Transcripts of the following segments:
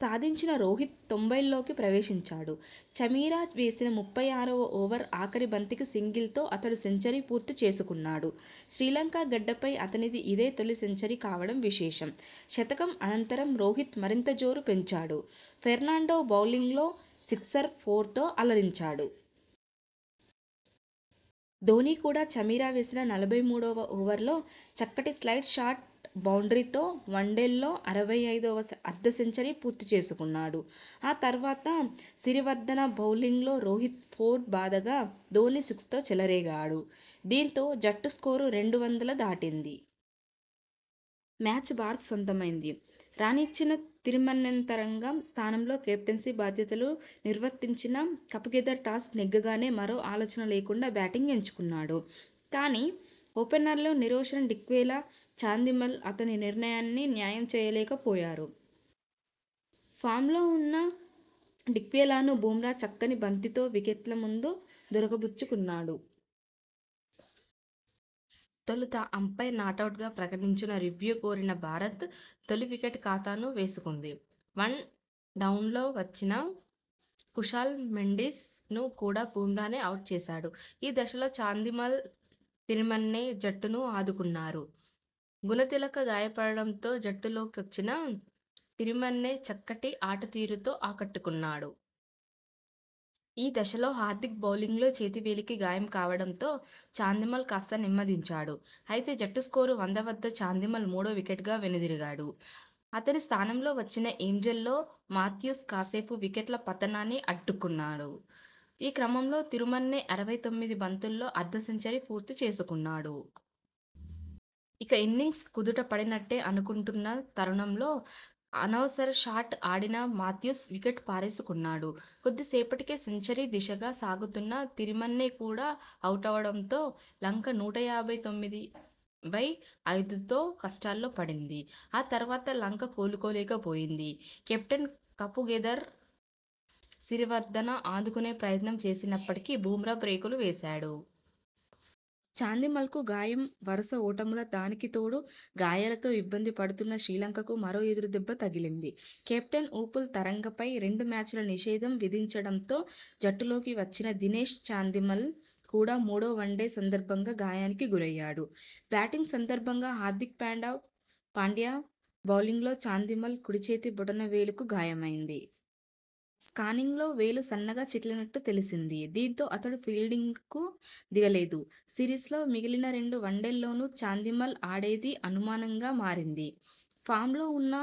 సాధించిన రోహిత్ తొంభైల్లోకి ప్రవేశించాడు. చమీర వేసిన ముప్పై ఆరువ ఓవర్ ఆఖరి బంతికి సింగిల్ తో అతడు సెంచరీ పూర్తి చేసుకున్నాడు. శ్రీలంక గడ్డపై అతనికి ఇదే తొలి సెంచరీ కావడం విశేషం. శతకం అనంతరం రోహిత్ మరింత జోరు పెంచాడు. ఫెర్నాండో బౌలింగ్ లో సిక్సర్, ఫోర్ తో అలరించాడు. ధోనీ కూడా చమీర వేసిన నలభై మూడువ ఓవర్లో చక్కటి స్లైస్ షాట్ బౌండ్రీ తో వన్డేల్లో అరవై ఐదువ అర్ధసెంచరీ పూర్తి చేసుకున్నాడు. ఆ తర్వాత సిరివర్దన బౌలింగ్ లో రోహిత్ ఫోర్ బాదగా, ధోనీ సిక్స్ తో చెలరేగాడు. దీంతో జట్టు స్కోరు రెండు వందల దాటింది. మ్యాచ్ భారత్ సొంతమైంది. రాణించిన తిరిమన్నెతరంగ స్థానంలో కెప్టెన్సీ బాధ్యతలు నిర్వర్తించిన కపుగెదర టాస్ నెగ్గగానే మరో ఆలోచన లేకుండా బ్యాటింగ్ ఎంచుకున్నాడు. కానీ, ఓపెనర్లు నిరోషన్ డిక్వెలా, చాందిమల్ అతని నిర్ణయానికి న్యాయం చేయలేకపోయారు. ఫామ్ లో ఉన్న డిక్వెలాను బుమ్రా చక్కని బంతితో వికెట్ల ముందు దొరకబుచ్చుకున్నాడు. తొలుత అంపైర్ నాటౌట్ గా ప్రకటించినా, రివ్యూ కోరిన భారత్ తొలి వికెట్ ఖాతాలో వేసుకుంది. వన్ డౌన్ లో వచ్చిన కుశాల్ మెండిస్ ను కూడా బుమ్రానే అవుట్ చేశాడు. ఈ దశలో చాందిమల్, తిరిమన్నె జట్టును ఆదుకున్నారు. గుణతిలక గాయపడడంతో జట్టులోకొచ్చిన తిరిమన్నె చక్కటి ఆటతీరుతో ఆకట్టుకున్నాడు. ఈ దశలో హార్దిక్ బౌలింగ్లో చేతి వేలికి గాయం కావడంతో చాందిమల్ కాస్త నెమ్మదించాడు. అయితే జట్టు స్కోరు వంద వద్ద చాందిమల్ మూడో వికెట్గా వెనుదిరిగాడు. అతని స్థానంలో వచ్చిన ఏంజెలో మాథ్యూస్ కాసేపు వికెట్ల పతనాన్ని అడ్డుకున్నాడు. ఈ క్రమంలో తిరిమన్నె అరవై తొమ్మిది బంతుల్లో అర్ధ సెంచరీ పూర్తి చేసుకున్నాడు. ఇక ఇన్నింగ్స్ కుదుట పడినట్టే అనుకుంటున్న తరుణంలో అనవసర షాట్ ఆడిన మాథ్యూస్ వికెట్ పారేసుకున్నాడు. కొద్దిసేపటికే సెంచరీ దిశగా సాగుతున్న తిరిమన్నె కూడా అవుటవడంతో లంక నూట యాభై తొమ్మిది బై ఐదుతో కష్టాల్లో పడింది. ఆ తర్వాత లంక కోలుకోలేకపోయింది. కెప్టెన్ కపుగెదర, సిరివర్దన ఆదుకునే ప్రయత్నం చేసినప్పటికీ బుమ్రా బ్రేకులు వేశాడు. చాందిమల్కు గాయంవరస ఓటములు దానికితోడు గాయాలతో ఇబ్బంది పడుతున్న శ్రీలంకకు మరో ఎదురుదెబ్బ తగిలింది. కెప్టెన్ ఉపుల్ తరంగ పై రెండు మ్యాచ్ల నిషేధం విధించడంతో జట్టులోకి వచ్చిన దినేష్ చాందిమల్ కూడా మూడో వన్డే సందర్భంగా గాయానికి గురయ్యాడు. బ్యాటింగ్ సందర్భం గా హార్దిక్ పాండ్యా బౌలింగ్లో చాందిమల్ కుడిచేతి బొటనవేలు కు గాయమైంది. స్కానింగ్ లో వేలు సన్నగా చిట్లినట్టు తేలిసింది. దీంతో అతడు ఫీల్డింగ్ కు దిగలేదు. సిరీస్ లో మిగిలిన రెండు వన్డేల్లోనూ చాందిమల్ ఆడేది అనుమానం గా మారింది. ఫామ్ లో ఉన్న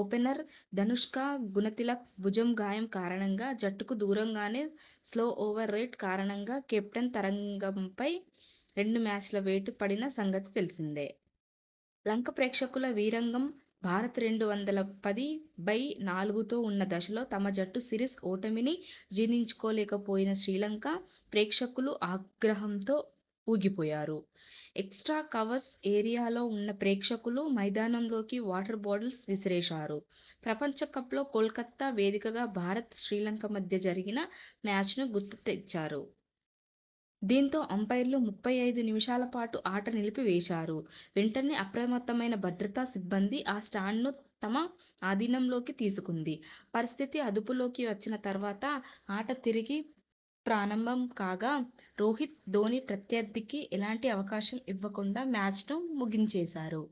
ఓపెనర్ ధనుష్క గుణతిలక భుజం గాయం కారణంగా జట్టుకు దూరంకాగా స్లో ఓవర్ రేట్ కారణంగా కెప్టెన్ తరంగపై రెండు మ్యాచ్ల వేటు పడిన సంగతి తెలిసిందే. లంక ప్రేక్షకుల వీరంగం భారత్ రెండు వందల పది బై నాలుగుతో ఉన్న దశలో తమ జట్టు సిరీస్ ఓటమిని జీర్ణించుకోలేకపోయిన శ్రీలంక ప్రేక్షకులు ఆగ్రహంతో ఊగిపోయారు. ఎక్స్ట్రా కవర్స్ ఏరియాలో ఉన్న ప్రేక్షకులు మైదానంలోకి వాటర్ బాటిల్స్ విసిరేశారు. ప్రపంచకప్ లో కోల్కతా వేదికగా భారత్ శ్రీలంక మధ్య జరిగిన మ్యాచ్ ను గుర్తుకుతెచ్చారు. దీంతో అంపైర్లు ముప్పై ఐదు నిమిషాల పాటు ఆట నిలిపి వేశారు. వెంటనే అప్రమత్తమైన భద్రతా సిబ్బంది ఆ స్టాండ్ ను తమ అధీనంలోకి తీసుకుంది. పరిస్థితి అదుపులోకి వచ్చిన తర్వాత ఆట తిరిగి ప్రారంభం కాగా రోహిత్, ధోనీ ప్రత్యర్థికి ఎలాంటి అవకాశం ఇవ్వకుండా మ్యాచ్ను ముగించేశారు.